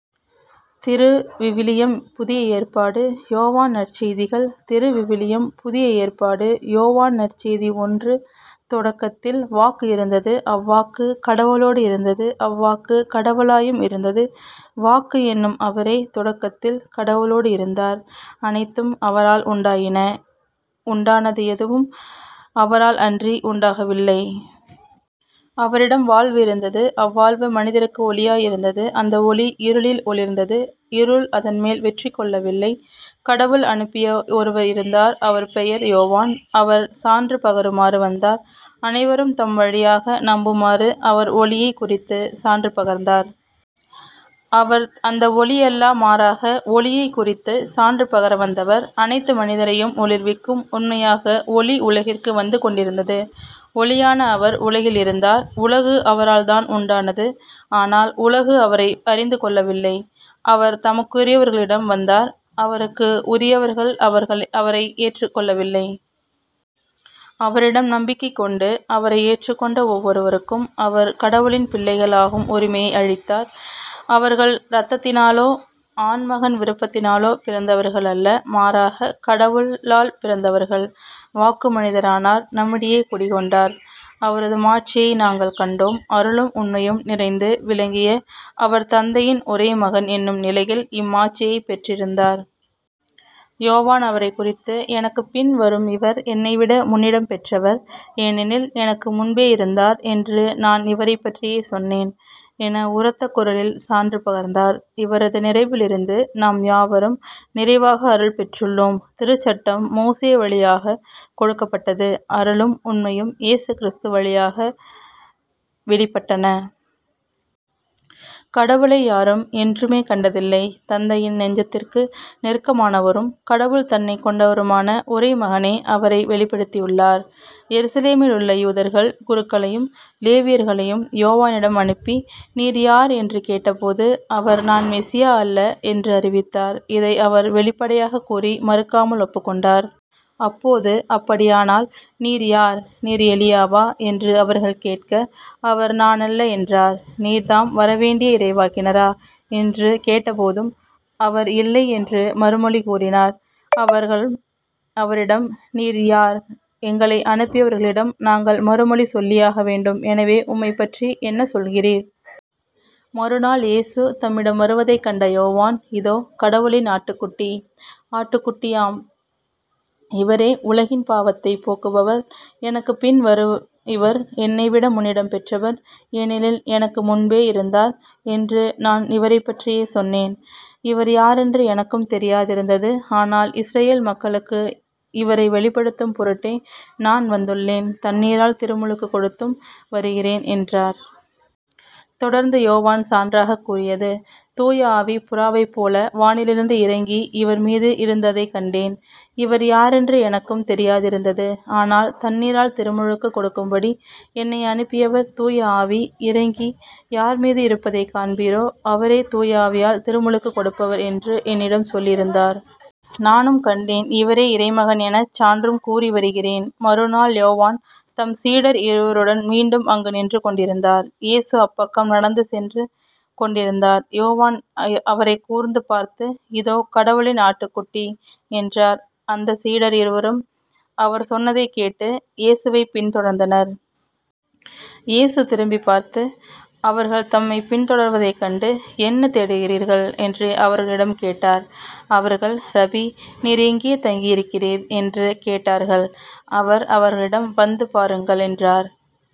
திருவிவிலியம் புதிய ஏற்பாடு யோவான் நற்செய்திகள் திருவிவிலியம் புதிய ஏற்பாடு யோவான் நற்செய்தி ஒன்று தொடக்கத்தில் வாக்கு இருந்தது. அவ்வாக்கு கடவுளோடு இருந்தது. அவ்வாக்கு கடவுளாயும் இருந்தது. வாக்கு என்னும் அவரே தொடக்கத்தில் கடவுளோடு இருந்தார். அனைத்தும் அவரால் உண்டாயின உண்டானது எதுவும் அவரால் அன்றி உண்டாகவில்லை. அவரிடம் வாழ்வு இருந்தது அவ்வாழ்வு மனிதருக்கு ஒளியாய் இருந்தது. அந்த ஒளி இருளில் ஒளிர்ந்தது இருள் அதன்மேல் வெற்றி கொள்ளவில்லை. கடவுள் அனுப்பிய ஒருவர் இருந்தார் அவர் பெயர் யோவான். அவர் சான்று பகருமாறு வந்தார். அனைவரும் தம் வழியாக நம்புமாறு அவர் ஒளியைக் குறித்துச் சான்று பகர்ந்தார். அவர் அந்த ஒளி அல்ல மாறாக ஒளியைக் குறித்துச் சான்று பகர வந்தவர். அனைத்து மனிதரையும் ஒளிர்விக்கும் உண்மையாக ஒளி உலகிற்கு வந்துகொண்டிருந்தது. ஒளியான அவர் உலகில் இருந்தார். உலகு அவரால்தான் உண்டானது. ஆனால் உலகு அவரை அறிந்து கொள்ளவில்லை. அவர் தமக்குரியவர்களிடம் வந்தார். அவருக்கு உரியவர்கள் அவர்களை அவரை ஏற்றுக்கொள்ளவில்லை. அவரிடம் நம்பிக்கை கொண்டு அவரை ஏற்றுக்கொண்ட ஒவ்வொருவருக்கும் அவர் கடவுளின் பிள்ளைகள் ஆகும் உரிமையை அளித்தார். அவர்கள் இரத்தத்தினாலோ ஆண்மகன் விருப்பத்தினாலோ பிறந்தவர்கள் அல்ல மாறாகக் கடவுளால் பிறந்தவர்கள். வாக்கு மனிதர் ஆனார் நம்மிடையே குடிகொண்டார். அவரது மாட்சியை நாங்கள் கண்டோம். அருளும் உண்மையும் நிறைந்து விளங்கிய அவர் தந்தையின் ஒரே மகன் என்னும் நிலையில் இம்மாட்சியைப் பெற்றிருந்தார். யோவான் அவரைக் குறித்து எனக்குப்பின் வரும் இவர் என்னைவிட முன்னிடம் பெற்றவர் ஏனெனில் எனக்கு முன்பே இருந்தார் என்று நான் இவரைப்பற்றியே சொன்னேன் என உரத்த குரலில் சான்று பகர்ந்தார். இவரது நிறைவிலிருந்து நாம் யாவரும் நிறைவாக அருள் பெற்றுள்ளோம். திருச்சட்டம் மோசே வழியாகக் கொடுக்கப்பட்டது அருளும் உண்மையும் இயேசு கிறிஸ்து வழியாக வெளிப்பட்டன. கடவுளை யாரும் என்றுமே கண்டதில்லை தந்தையின் நெஞ்சத்திற்கு நெருக்கமானவரும் கடவுள் தன்மை கொண்டவருமான ஒரே மகனே அவரை வெளிப்படுத்தியுள்ளார். எருசலேமிலுள்ள யூதர்கள் குருக்களையும் லேவியர்களையும் யோவானிடம் அனுப்பி நீர் யார்? என்று கேட்டபோது அவர் நான் மெசியா அல்ல என்று அறிவித்தார். இதை அவர் வெளிப்படையாகக் கூறி மறுக்காமல் ஒப்புக்கொண்டார். அப்போது அப்படியானால் நீர் யார்? நீர் எலியாவா? என்று அவர்கள் கேட்க அவர் நானல்ல என்றார். நீர் தாம் வர வேண்டிய இறைவாக்கினரா? என்று கேட்டபோதும் அவர் இல்லை என்று மறுமொழி கூறினார். அவர்கள் அவரிடம் நீர் யார்? எங்களை அனுப்பியவர்களிடம் நாங்கள் மறுமொழி சொல்லியாகவேண்டும் எனவே உம்மைப்பற்றி என்ன சொல்கிறீர்? மறுநாள் இயேசு தம்மிடம் வருவதைக் கண்ட யோவான் இதோ. கடவுளின் ஆட்டுக்குட்டி. ஆட்டுக்குட்டியாம் இவரே உலகின் பாவத்தைப் போக்குபவர். எனக்குப்பின் வரும் இவர் என்னைவிட முன்னிடம் பெற்றவர் ஏனெனில் எனக்கு முன்பே இருந்தார் என்று நான் இவரைப்பற்றியே சொன்னேன். இவர் யாரென்று எனக்கும் தெரியாதிருந்தது. ஆனால் இஸ்ரயேல் மக்களுக்கு இவரை வெளிப்படுத்தும் பொருட்டே நான் வந்துள்ளேன் தண்ணீரால் திருமுழுக்குக் கொடுத்தும் வருகிறேன் என்றார். தொடர்ந்து யோவான் சான்றாகக் கூறியது தூய ஆவி புறாவைப்போல வானிலிருந்து இறங்கி இவர் மீது இருந்ததைக் கண்டேன். இவர் யாரென்று எனக்கும் தெரியாதிருந்தது. ஆனால் தண்ணீரால் திருமுழுக்குக் கொடுக்கும்படி என்னை அனுப்பியவர் தூய ஆவி இறங்கி யார்மீது இருப்பதைக் காண்பீரோ அவரே தூய ஆவியால் திருமுழுக்குக் கொடுப்பவர் என்று என்னிடம் சொல்லியிருந்தார். நானும் கண்டேன் இவரே இறைமகன் எனச் சான்றும் கூறி வருகிறேன். மறுநாள் யோவான் தம் சீடர் இருவருடன் மீண்டும் அங்கு நின்று கொண்டிருந்தார். இயேசு அப்பக்கம் நடந்து சென்று கொண்டிருந்தார். யோவான் அவரைக் கூர்ந்து பார்த்து இதோ. கடவுளின் ஆட்டுக்குட்டி என்றார். அந்தச் சீடர் இருவரும் அவர் சொன்னதைக் கேட்டு இயேசுவைப் பின் தொடர்ந்தனர். இயேசு திரும்பிப் பார்த்து அவர்கள் தம்மைப் பின் தொடர்வதைக் கண்டு "என்ன தேடுகிறீர்கள்? என்று அவர்களிடம் கேட்டார். அவர்கள் ரபி நீர் எங்கே தங்கியிருக்கிறீர்? என்று கேட்டார்கள். அவர் அவர்களிடம் வந்து பாருங்கள் என்றார்.